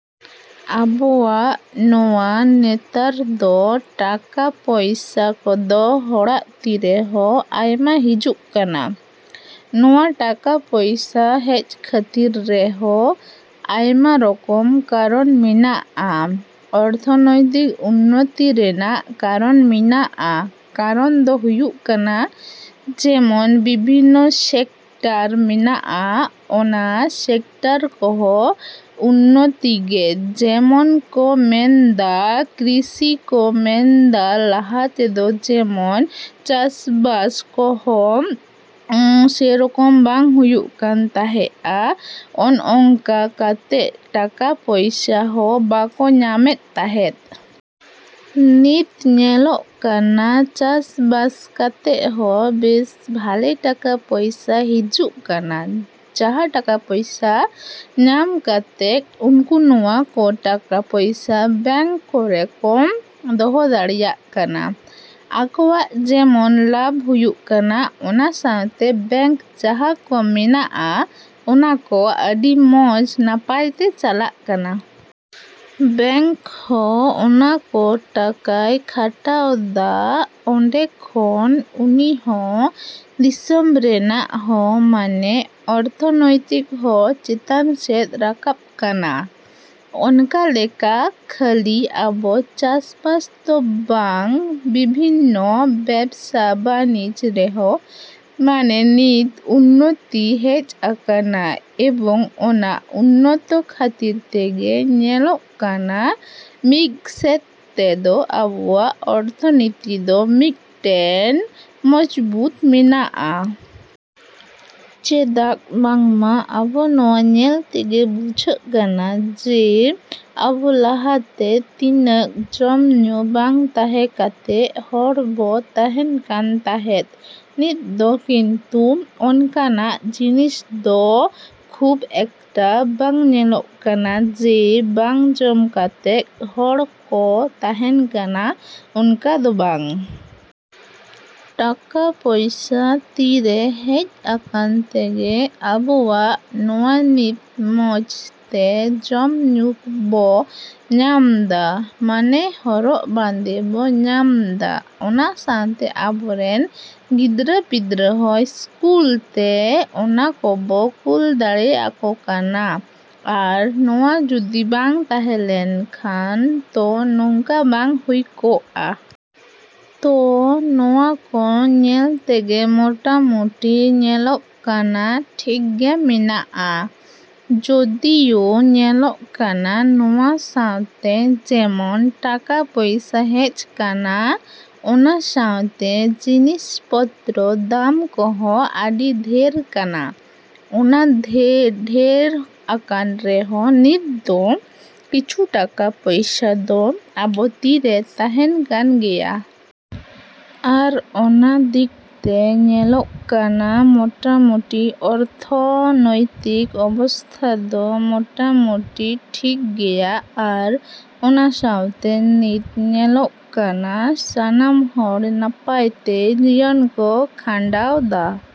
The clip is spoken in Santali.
‎ᱟᱵᱚᱣᱟᱜ ᱱᱚᱣᱟ ᱱᱮᱛᱟᱨ ᱫᱚ ᱴᱟᱠᱟ ᱯᱚᱭᱥᱟ ᱠᱚᱫᱚ ᱦᱚᱲᱟᱜ ᱛᱤᱨᱮ ᱦᱚᱸ ᱟᱭᱢᱟ ᱦᱤᱡᱩᱜ ᱠᱟᱱᱟ᱾ ᱱᱚᱣᱟ ᱴᱟᱠᱟ ᱯᱚᱭᱥᱟ ᱦᱮᱡ ᱠᱷᱟᱹᱛᱤᱨ ᱨᱮᱦᱚᱸ ᱟᱭᱢᱟ ᱨᱚᱠᱚᱢ ᱠᱟᱨᱚᱱ ᱢᱮᱱᱟᱜᱼᱟ, ᱚᱨᱛᱷᱚᱱᱚᱭᱛᱤᱠ ᱩᱱᱱᱚᱛᱤ ᱨᱮᱱᱟᱜ ᱠᱟᱨᱚᱱ ᱢᱮᱱᱟᱜᱼᱟ᱾ ᱠᱟᱨᱚᱱ ᱫᱚ ᱦᱩᱭᱩᱜ ᱠᱟᱱᱟ ᱡᱮᱢᱚᱱ ᱵᱤᱵᱷᱤᱱᱱᱚ ᱥᱮᱠᱴᱟᱨ ᱢᱮᱱᱟᱜᱼᱟ, ᱚᱱᱟ ᱥᱮᱠᱴᱟᱨ ᱠᱚᱦᱚᱸ ᱩᱱᱱᱚᱛᱤᱜᱮ ᱡᱮᱢᱚᱱ ᱠᱚ ᱢᱮᱱ ᱫᱟ ᱠᱨᱤᱥᱤ ᱠᱚ ᱢᱮᱱ ᱫᱟ ᱞᱟᱦᱟ ᱛᱮᱫᱚ ᱡᱮᱢᱚᱱ ᱪᱟᱥᱵᱟᱥ ᱠᱚᱦᱚᱸ ᱥᱮᱨᱚᱠᱚᱢ ᱵᱟᱝ ᱦᱩᱭᱩᱜ ᱠᱟᱱ ᱛᱟᱦᱮᱸᱜᱼᱟ, ᱚᱱᱼᱚᱝᱠᱟ ᱠᱟᱛᱮᱜ ᱴᱟᱠᱟ ᱯᱚᱭᱥᱟ ᱦᱚᱸ ᱵᱟᱠᱚ ᱧᱟᱢᱮᱫ ᱛᱟᱦᱮᱸᱫ᱾ ᱱᱤᱛ ᱧᱮᱞᱚᱜ ᱠᱟᱱᱟ ᱪᱟᱥ ᱵᱟᱥ ᱠᱟᱛᱮᱜ ᱦᱚᱸ ᱵᱮᱹᱥ ᱵᱷᱟᱞᱮ ᱴᱟᱠᱟ ᱯᱚᱭᱥᱟ ᱦᱤᱡᱩᱜ ᱠᱟᱱᱟ, ᱡᱟᱦᱟᱸ ᱴᱟᱠᱟ ᱯᱚᱭᱥᱟ ᱧᱟᱢ ᱠᱟᱛᱮᱜ ᱩᱱᱠᱩ ᱱᱚᱣᱟ ᱠᱚ ᱴᱟᱠᱟ ᱯᱚᱭᱥᱟ ᱵᱮᱝᱠ ᱠᱚᱨᱮ ᱠᱚ ᱫᱚᱦᱚ ᱫᱟᱲᱮᱭᱟᱜ ᱠᱟᱱᱟ᱾ ᱟᱠᱚᱣᱟᱜ ᱡᱮᱢᱚᱱ ᱞᱟᱵᱷ ᱦᱩᱭᱩᱜ ᱠᱟᱱᱟ ᱚᱱᱟ ᱥᱟᱶᱛᱮ ᱵᱮᱝᱠ ᱡᱟᱸᱦᱟ ᱠᱚ ᱢᱮᱱᱟᱜᱼᱟ ᱚᱱᱟ ᱠᱚ ᱟᱰᱤ ᱢᱚᱸᱡᱽ ᱱᱟᱯᱟᱭ ᱛᱮ ᱪᱟᱞᱟᱜ ᱠᱟᱱᱟ᱾ ᱵᱮᱝᱠ ᱦᱚᱸ ᱚᱱᱟ ᱠᱚ ᱴᱟᱠᱟᱭ ᱠᱷᱟᱴᱟᱣ ᱫᱟ, ᱚᱸᱰᱮ ᱠᱷᱚᱱ ᱩᱱᱤᱦᱚᱸ ᱫᱤᱥᱚᱢ ᱨᱮᱱᱟᱜ ᱦᱚᱸ ᱢᱟᱱᱮ ᱚᱨᱛᱷᱚᱱᱚᱭᱛᱤᱠ ᱦᱚᱸ ᱪᱮᱛᱟᱱ ᱥᱮᱫ ᱨᱟᱠᱟᱵ ᱠᱟᱱᱟ᱾ ᱚᱱᱠᱟ ᱞᱮᱠᱟ ᱠᱷᱟᱹᱞᱤ ᱟᱵᱚ ᱪᱟᱥᱵᱟᱥ ᱫᱚ ᱵᱟᱝ, ᱵᱤᱵᱷᱤᱱᱱᱚ ᱵᱮᱵᱽᱥᱟ ᱵᱟᱱᱤᱡᱽ ᱨᱮᱦᱚᱸ ᱢᱟᱱᱮ ᱱᱤᱛ ᱩᱱᱱᱚᱛᱤ ᱦᱮᱡ ᱟᱠᱟᱱᱟ ᱮᱵᱚᱝ ᱚᱱᱟ ᱩᱱᱱᱚᱛᱚ ᱠᱷᱟᱹᱛᱤᱨ ᱛᱮᱜᱮ ᱧᱮᱞᱚᱜ ᱠᱟᱱᱟ ᱢᱤᱜ ᱥᱮᱫ ᱛᱮᱫᱚ ᱟᱵᱚᱣᱟᱜ ᱚᱨᱛᱷᱚᱱᱤᱛᱤ ᱫᱚ ᱢᱤᱜᱴᱮᱱ ᱢᱚᱡᱽᱵᱩᱛ ᱢᱮᱱᱟᱜᱼᱟ᱾ ᱪᱮᱫᱟᱜ ᱵᱟᱝᱢᱟ ᱟᱵᱚ ᱱᱚᱣᱟ ᱧᱮᱞ ᱛᱮᱜᱮ ᱵᱩᱡᱷᱟᱹᱜ ᱠᱟᱱᱟ ᱡᱮ ᱟᱵᱚ ᱞᱟᱦᱟ ᱛᱮ ᱛᱤᱱᱟᱹᱜ ᱡᱚᱢ ᱧᱩ ᱵᱟᱝ ᱛᱟᱦᱮᱸ ᱠᱟᱛᱮᱜ ᱦᱚᱲ ᱵᱚ ᱛᱟᱦᱮᱸᱱ ᱠᱟᱱ ᱛᱟᱦᱮᱸᱫ, ᱱᱤᱛ ᱫᱚ ᱠᱤᱱᱛᱩ ᱚᱱᱠᱟᱱᱟᱜ ᱡᱤᱱᱤᱥ ᱫᱚ ᱠᱷᱩᱵᱽ ᱮᱠᱴᱟ ᱵᱟᱝ ᱧᱮᱞᱚᱜ ᱠᱟᱱᱟ ᱡᱮ ᱵᱟᱝ ᱡᱚᱢ ᱠᱟᱛᱮᱜ ᱦᱚᱲ ᱠᱚ ᱛᱟᱦᱮᱸᱱ ᱠᱟᱱᱟ ᱚᱱᱠᱟ ᱫᱚ ᱵᱟᱝ᱾ ᱴᱟᱠᱟ ᱯᱚᱭᱥᱟ ᱛᱤᱨᱮ ᱦᱮᱡ ᱟᱠᱟᱱ ᱛᱮᱜᱮ ᱟᱵᱚᱣᱟᱜ ᱱᱚᱣᱟ ᱱᱤᱛ ᱢᱚᱸᱡᱽ ᱛᱮ ᱡᱚᱢ ᱧᱩ ᱵᱚ ᱧᱟᱢ ᱫᱟ᱾ ᱢᱟᱱᱮ ᱦᱚᱨᱚᱜ ᱵᱟᱸᱫᱮ ᱵᱚ ᱧᱟᱢ ᱫᱟ, ᱚᱱᱟ ᱥᱟᱶᱛᱮ ᱟᱵᱚ ᱨᱮᱱ ᱜᱤᱫᱽᱨᱟᱹ ᱯᱤᱫᱽᱨᱟᱹ ᱦᱚᱸ ᱥᱠᱩᱞ ᱛᱮ ᱚᱱᱟ ᱠᱚᱵᱚ ᱠᱩᱞ ᱫᱟᱲᱮ ᱟᱠᱚ ᱠᱟᱱᱟ, ᱟᱨ ᱱᱚᱣᱟ ᱡᱩᱫᱤ ᱵᱟᱝ ᱛᱟᱦᱮᱸ ᱞᱮᱱ ᱠᱷᱟᱱ ᱛᱚ ᱱᱚᱝᱠᱟ ᱵᱟᱝ ᱦᱩᱭ ᱠᱚᱜᱼᱟ᱾ ᱛᱚ ᱱᱚᱣᱟ ᱠᱚ ᱧᱮᱞ ᱛᱮᱜᱮ ᱢᱚᱴᱟ ᱢᱩᱴᱤ ᱧᱮᱞᱚᱜ ᱠᱟᱱᱟ ᱴᱷᱤᱠ ᱜᱮ ᱢᱮᱱᱟᱜᱼᱟ᱾ ᱡᱳᱫᱤᱭᱳ ᱧᱮᱞᱚᱜ ᱠᱟᱱᱟ ᱱᱚᱣᱟ ᱥᱟᱶᱛᱮ ᱡᱮᱢᱚᱱ ᱴᱟᱠᱟ ᱯᱚᱭᱥᱟ ᱦᱮᱡ ᱠᱟᱱᱟ ᱚᱱᱟ ᱥᱟᱶᱛᱮ ᱡᱤᱱᱤᱥ ᱯᱚᱛᱨᱚ ᱫᱟᱢ ᱠᱚᱦᱚᱸ ᱟᱰᱤ ᱰᱷᱮᱨ ᱠᱟᱱᱟ᱾ ᱚᱱᱟ ᱰᱷᱮᱹᱨ ᱟᱠᱟᱱ ᱨᱮᱦᱚᱸ ᱱᱤᱛ ᱫᱚ ᱠᱤᱪᱷᱩ ᱴᱟᱠᱟ ᱯᱚᱭᱥᱟ ᱫᱚ ᱟᱵᱚ ᱛᱤᱨᱮ ᱛᱟᱦᱮᱸᱱ ᱠᱟᱱ ᱜᱮᱭᱟ᱾ ᱟᱨ ᱚᱱᱟ ᱫᱤᱠ ᱛᱮ ᱧᱮᱞᱚᱜ ᱠᱟᱱᱟ ᱢᱚᱴᱟ ᱢᱩᱴᱤ ᱚᱨᱛᱷᱚᱱᱚᱭᱛᱤᱠ ᱚᱵᱚᱥᱛᱷᱟ ᱫᱚ ᱢᱚᱴᱟᱢᱩᱴᱤ ᱴᱷᱤᱠ ᱜᱮᱭᱟ ᱟᱨ ᱚᱱᱟ ᱥᱟᱶᱛᱮ ᱱᱤᱛ ᱧᱮᱞᱚᱜ ᱠᱟᱱᱟ ᱥᱟᱱᱟᱢ ᱦᱚᱲ ᱱᱟᱯᱟᱭ ᱛᱮ ᱡᱤᱭᱚᱱ ᱠᱚ ᱠᱷᱟᱰᱟᱣᱫᱟ᱾